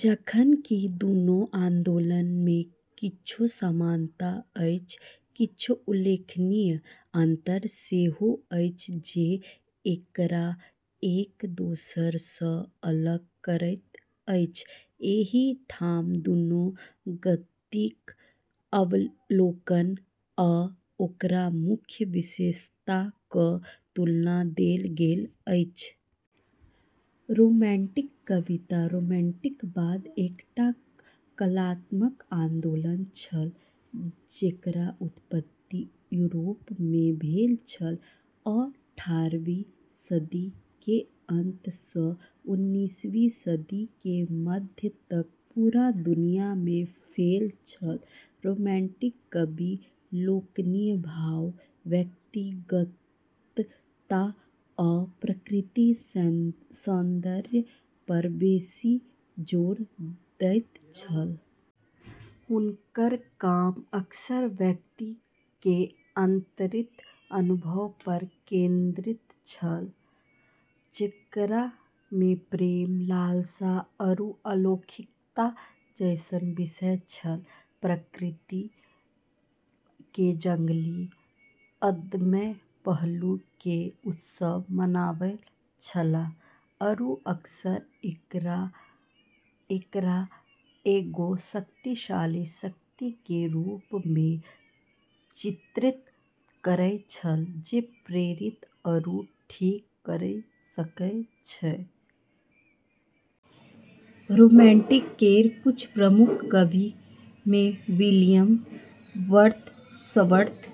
जखन कि दुनू आन्दोलन मे किछु समानता अछि, किछु उल्लेखनीय अंतर सेहो अछि जे एकरा एक दोसरा सँ अलग करैत अछि। एहि ठाम दुनू गतिक अवलोकन आ ओकर मुख्य विशेषताक तुलना देल गेल अछि। रोमांटिक कविता: रोमांटिकवाद एकटा कलात्मक आन्दोलन छल जेकर उत्पत्ति यूरोप मे भेल छल आ अठारहवीं सदी के अंत स उन्नीसवीं सदी के मध्य तक पूरा दुनिया में फैल छल। रोमांटिक कवि लोकनि भाव, व्यक्तिगतता, आ प्रकृतिक सौन्दर्य पर बेसी जोर दैत छलाह। हुनक काम अक्सर व्यक्ति केर आंतरिक अनुभव प केंद्रित छेलै, जेकरा मे प्रेम, लालसा, आरू अलौकिकता जैसन विषय छेलै। प्रकृति के जंगली, अदम्य पहलू के उत्सव मनाबै छेलै आरू अक्सर एकरा एगो शक्तिशाली शक्ति के रूप में चित्रित करै छेलै जे प्रेरित आरू ठीक करी सकै छै। रोमांटिक केर कुछ प्रमुख कविऽ मे William Wordsworth,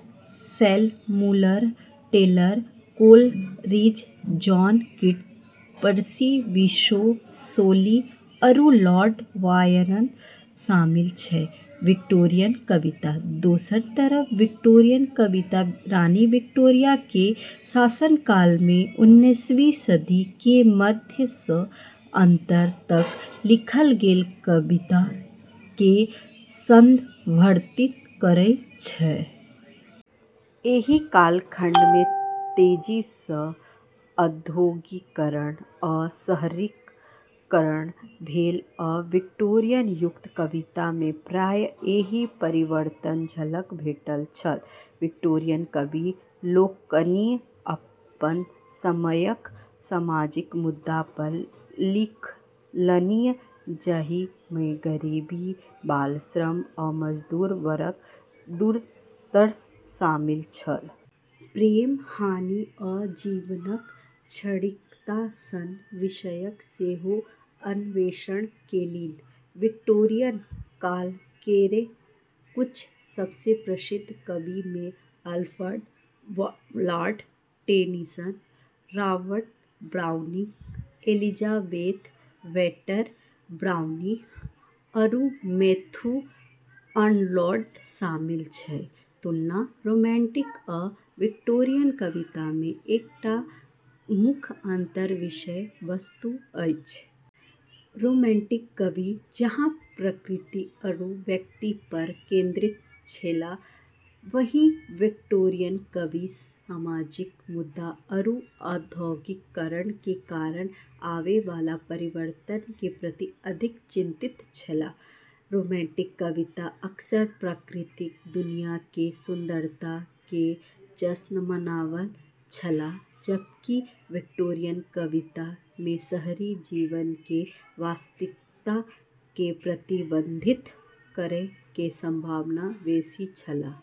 Samuel Taylor Coleridge, John Keats, Percy Bysshe Shelley, आरू लॉर्ड बायरन शामिल छै। विक्टोरियन कविता: दोसर तरफ विक्टोरियन कविता रानी विक्टोरिया केर शासनकाल में, उन्नीसवीं सदी के मध्य स अंत तक लिखल गेल कविता के संदर्भित करै छै। एहि कालखंड मे तेजी सं औद्योगीकरण आ शहरीकरण भेल आ विक्टोरियन युगक कविता मे प्रायः एहि परिवर्तनक झलक भेटैत छल। विक्टोरियन कवि लोकनि अपन समयक सामाजिक मुद्दा पर लिखलनि जाहि मे गरीबी, बाल श्रम, आ मजदूर वर्गक दुर्दशा शामिल छल। प्रेम, हानि, आ जीवनक क्षणिकता सन विषयक सेहो अन्वेषण केलनि। विक्टोरियन काल केर कुछ सबसें प्रसिद्ध कविऽ मे Alfred Lord Tennyson, Robert Browning, Elizabeth Barrett Browning, आरू मैथ्यू अर्नोल्ड शामिल छै। तुलना: रोमांटिक आ विक्टोरियन कविता मे एकटा मुख्य अंतर विषय वस्तु अछि। रोमांटिक कवि जहाँ प्रकृति आरू व्यक्ति पर केंद्रित छेलै, वहीं विक्टोरियन कवि सामाजिक मुद्दा आरू औद्योगीकरण के कारण आबै वाला परिवर्तन के प्रति अधिक चिंतित छेलै। रोमांटिक कविता अक्सर प्राकृतिक दुनिया के सुंदरता के जश्न मनाबै छेलै, जबकि विक्टोरियन कविता में शहरी जीवन के वास्तविकता के प्रतिबिंबित करै के संभावना बेसी छेलै।